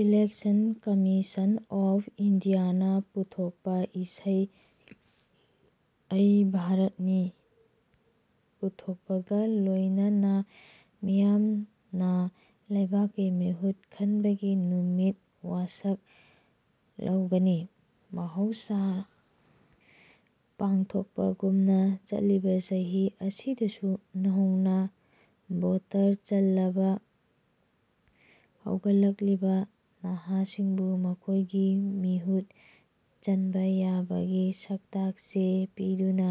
Election commission of ꯏꯟꯗꯤꯌꯥꯅ ꯄꯨꯊꯣꯛꯄ ꯏꯁꯩ ꯑꯩ ꯚꯥꯔꯠꯅꯤ ꯄꯨꯊꯣꯛꯄꯒ ꯂꯣꯏꯅꯅ ꯃꯤꯌꯥꯝꯅ ꯂꯩꯕꯥꯛꯀꯤ ꯃꯤꯍꯨꯠ ꯈꯟꯕꯒꯤ ꯅꯨꯃꯤꯠ ꯋꯥꯁꯛ ꯂꯧꯒꯅꯤ꯫ꯃꯍꯧꯁꯥ ꯄꯥꯡꯊꯣꯛꯄꯒꯨꯝꯅ ꯆꯠꯂꯤꯕ ꯆꯍꯤ ꯑꯁꯤꯗꯁꯨ ꯅꯧꯅ ꯚꯣꯇꯔ ꯆꯜꯂꯕ ꯍꯧꯒꯠꯂꯛꯂꯤꯕ ꯅꯍꯥꯁꯤꯡꯕꯨ ꯃꯈꯣꯏꯒꯤ ꯃꯤꯍꯨꯠ ꯆꯟꯕ ꯌꯥꯕꯒꯤ ꯁꯛꯇꯥꯛ ꯆꯦ ꯄꯤꯗꯨꯅ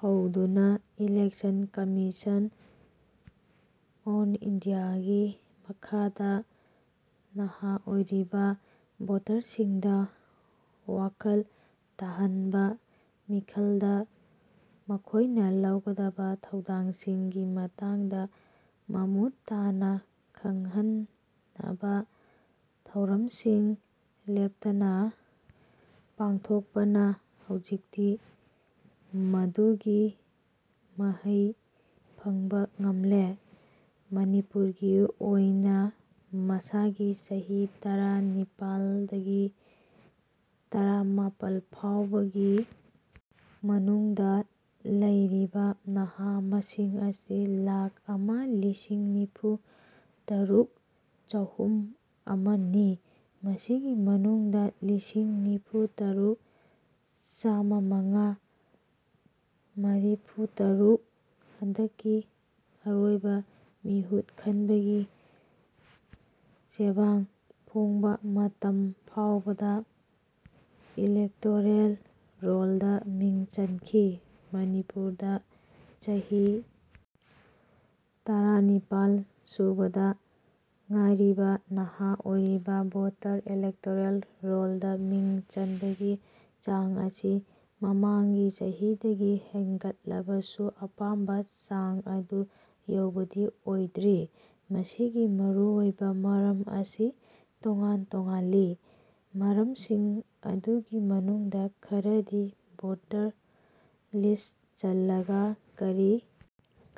ꯍꯧꯗꯨꯅ ꯏꯂꯦꯛꯁꯟ ꯀꯝꯃꯤꯁꯟ ꯑꯣꯟꯏꯟꯗꯤꯌꯥꯒꯤ ꯃꯈꯥꯗ ꯅꯍꯥ ꯑꯣꯏꯔꯤꯕ ꯚꯣꯇꯔꯁꯤꯡꯗ ꯋꯥꯈꯜ ꯇꯥꯍꯟꯕ, ꯃꯤꯈꯜꯗ ꯃꯈꯣꯏꯅ ꯂꯧꯒꯗꯕ ꯊꯧꯗꯥꯡꯁꯤꯡꯒꯤ ꯃꯇꯥꯡꯗ ꯃꯃꯨꯠ ꯇꯥꯅ ꯈꯪꯍꯟꯅꯕ ꯊꯧꯔꯝꯁꯤꯡ ꯂꯦꯞꯇꯅ ꯄꯥꯡꯊꯣꯛꯄꯅ ꯍꯧꯖꯤꯛꯇꯤ ꯃꯗꯨꯒꯤ ꯃꯍꯩ ꯐꯪꯕ ꯉꯝꯂꯦ꯫ꯃꯅꯤꯄꯨꯔꯒꯤ ꯑꯣꯏꯅ ꯃꯁꯥꯒꯤ ꯆꯍꯤ ꯇꯔꯥ ꯅꯤꯄꯥꯜꯗꯒꯤ ꯇꯔꯥꯃꯥꯄꯜ ꯐꯥꯎꯕꯒꯤ ꯃꯅꯨꯡꯗ ꯂꯩꯔꯤꯕ ꯅꯍꯥ ꯃꯁꯤꯡ ꯑꯁꯤ ꯂꯥꯛ ꯑꯃ ꯂꯤꯁꯤꯡ ꯅꯤꯐꯨ ꯇꯔꯨꯛ ꯆꯍꯨꯝ ꯑꯃ ꯅꯤ꯫ꯃꯁꯤꯒꯤ ꯃꯅꯨꯡꯗ ꯂꯤꯁꯤꯡ ꯅꯤꯐꯨ ꯇꯔꯨꯛ ꯆꯥꯝꯃꯉꯥ ꯃꯔꯤꯐꯨ ꯇꯔꯨꯛ ꯍꯟꯗꯛꯀꯤ ꯑꯔꯣꯏꯕ ꯃꯤꯍꯨꯠ ꯈꯟꯕꯒꯤ ꯆꯦꯕꯥꯡ ꯐꯣꯡꯕ ꯃꯇꯝ ꯐꯥꯎꯕꯗ ꯏꯂꯦꯛꯇꯣꯔꯦꯜ ꯔꯣꯜꯗ ꯃꯤꯡ ꯆꯟꯈꯤ꯫ꯃꯅꯤꯄꯨꯔꯗ ꯆꯍꯤ ꯇꯔꯥꯅꯤꯄꯥꯜ ꯁꯨꯕꯗ ꯉꯥꯏꯔꯤꯕ ꯅꯍꯥ ꯑꯣꯏꯔꯤꯕ ꯚꯣꯇꯔ ꯏꯂꯦꯛꯇꯣꯔꯦꯜ ꯔꯣꯜꯗ ꯃꯤꯡ ꯆꯟꯕꯒꯤ ꯆꯥꯡ ꯑꯁꯤ ꯃꯃꯥꯡꯒꯤ ꯆꯍꯤꯗꯒꯤ ꯍꯦꯟꯒꯠꯂꯕꯁꯨ ꯑꯄꯥꯝꯕ ꯆꯥꯡ ꯑꯗꯨ ꯌꯧꯕꯗꯤ ꯑꯣꯏꯗ꯭ꯔꯤ꯫ꯃꯁꯤꯒꯤ ꯃꯔꯨ ꯑꯣꯏꯕ ꯃꯔꯝ ꯑꯁꯤ ꯇꯣꯉꯥꯟ ꯇꯣꯉꯥꯟꯂꯤ꯫ꯃꯔꯝꯁꯤꯡ ꯑꯗꯨꯒꯤ ꯃꯅꯨꯡꯗ ꯈꯔꯗꯤ ꯚꯣꯇꯔ ꯂꯤꯁꯇ ꯆꯜꯂꯒ ꯀꯔꯤ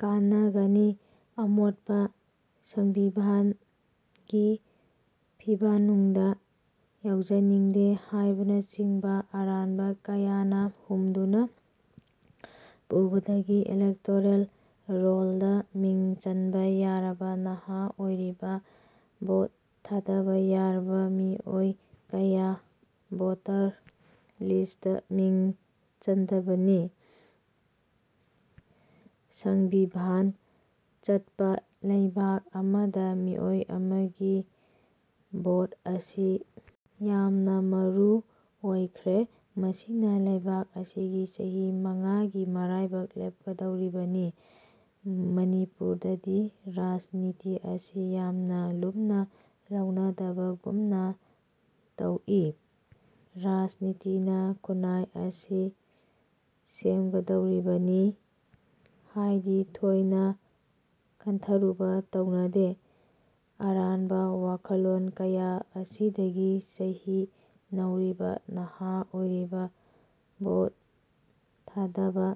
ꯀꯥꯟꯅꯒꯅꯤ, ꯑꯃꯣꯠꯄ ꯁꯪꯕꯤꯚꯥꯟꯒꯤ ꯐꯤꯕꯥꯟꯅꯨꯡꯗ ꯌꯥꯎꯖꯅꯤꯡꯗꯦ ꯍꯥꯏꯕꯅꯆꯤꯡꯕ ꯑꯔꯥꯟꯕ ꯀꯌꯥꯅ ꯍꯨꯝꯗꯨꯅ ꯄꯨꯕꯗꯒꯤ ꯏꯂꯦꯛꯇꯣꯔꯦꯜ ꯔꯣꯜꯗ ꯃꯤꯡ ꯆꯟꯕ ꯌꯥꯔꯕ ꯅꯍꯥ ꯑꯣꯏꯔꯤꯕ ꯚꯣꯠ ꯊꯥꯗꯕ ꯌꯥꯔꯕ ꯃꯤ ꯀꯌꯥ ꯚꯣꯇꯔ ꯂꯤꯁꯇ ꯃꯤꯡ ꯆꯟꯗꯕꯅꯤ꯫ꯁꯪꯕꯤꯚꯥꯟ ꯆꯠꯄ ꯂꯩꯕꯥꯛ ꯑꯃꯗ ꯃꯤꯑꯣꯏ ꯑꯃꯒꯤ ꯚꯣꯠ ꯑꯁꯤ ꯌꯥꯝꯅ ꯃꯔꯨ ꯑꯣꯏꯈ꯭ꯔꯦ꯫ꯃꯁꯤꯅ ꯂꯩꯕꯥꯛ ꯑꯁꯤꯒꯤ ꯆꯍꯤ ꯃꯉꯥ ꯒꯤ ꯃꯔꯥꯏꯕꯛ ꯂꯦꯞꯀꯗꯧꯔꯤꯕꯅꯤ꯫ꯃꯅꯤꯄꯨꯔꯗꯗꯤꯔꯥꯖ ꯅꯤꯇꯤ ꯑꯁꯤ ꯃꯤꯌꯥꯝꯅ ꯂꯨꯝꯅ ꯂꯧꯅꯗꯕꯒꯨꯝꯅ ꯇꯧꯏ꯫ꯔꯥꯖꯅꯤꯇꯤꯅ ꯈꯨꯟꯅꯥꯏ ꯑꯁꯤ ꯁꯦꯝꯒꯗꯧꯔꯤꯕꯅꯤ ꯍꯥꯏꯗꯤ ꯊꯣꯏꯅ ꯈꯟꯊꯔꯨꯕ ꯇꯧꯅꯗꯦ꯫ꯑꯔꯥꯟꯕ ꯋꯥꯈꯜꯂꯣꯟ ꯀꯌꯥ ꯑꯁꯤꯗꯒꯤ ꯆꯍꯤ ꯅꯧꯔꯤꯕ ꯅꯍꯥ ꯑꯣꯏꯔꯤꯕ ꯚꯣꯠ ꯊꯥꯗꯕ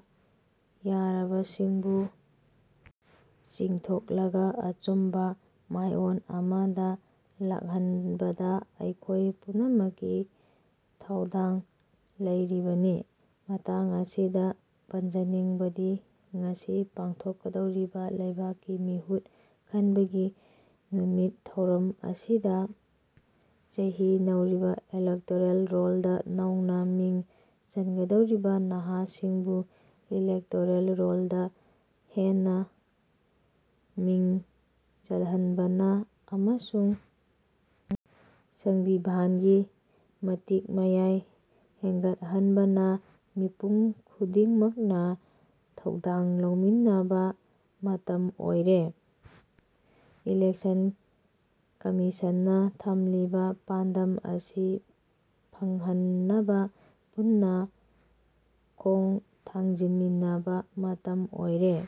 ꯌꯥꯔꯕꯁꯤꯡꯕꯨ ꯆꯤꯡꯊꯣꯛꯂꯒ ꯑꯆꯨꯝꯕ ꯃꯥꯏꯑꯣꯟ ꯑꯃꯗ ꯂꯥꯛꯍꯟꯕꯗ ꯑꯩꯈꯣꯏ ꯄꯨꯝꯅꯃꯛꯀꯤ ꯊꯧꯗꯥꯡ ꯂꯩꯔꯤꯕꯅꯤ꯫ꯃꯇꯥꯡ ꯑꯁꯤꯗ ꯄꯟꯖꯅꯤꯡꯕꯗꯤ ꯉꯁꯤ ꯄꯥꯡꯊꯣꯛꯀꯗꯧꯔꯤꯕ ꯂꯩꯕꯥꯛꯀꯤ ꯃꯤꯍꯨꯠ ꯈꯟꯕꯒꯤ ꯅꯨꯃꯤꯠ ꯊꯧꯔꯝ ꯑꯁꯤꯗ ꯆꯍꯤ ꯅꯧꯔꯤꯕ, ꯏꯂꯦꯛꯇꯣꯔꯦꯜ ꯔꯣꯜꯗ ꯅꯧꯅ ꯃꯤꯡ ꯆꯟꯒꯗꯧꯔꯤꯕ ꯅꯍꯥꯁꯤꯡꯕꯨ ꯏꯂꯦꯛꯇꯣꯔꯦꯜ ꯔꯣꯜꯗ ꯍꯦꯟꯅ ꯃꯤꯡ ꯆꯜꯍꯟꯕꯅ ꯑꯃꯁꯨꯡ ꯁꯪꯕꯤꯚꯥꯟꯒꯤꯃꯇꯤꯛ ꯃꯌꯥꯏ ꯍꯦꯟꯒꯠꯍꯟꯅꯕ ꯃꯤꯄꯨꯝ ꯈꯨꯗꯤꯡꯃꯛꯅ ꯊꯧꯗꯥꯡ ꯂꯧꯃꯤꯟꯅꯕ ꯃꯇꯝ ꯑꯣꯏꯔꯦ꯫ꯏꯂꯦꯛꯁꯟ ꯀꯝꯃꯤꯁꯟꯅ ꯊꯝꯂꯤꯕ ꯄꯥꯟꯗꯝ ꯑꯁꯤ ꯐꯪꯍꯟꯅꯕ ꯄꯨꯟꯅ ꯈꯣꯡ ꯊꯥꯡꯖꯤꯟꯃꯤꯟꯅꯕ ꯃꯇꯝ ꯑꯣꯏꯔꯦ꯫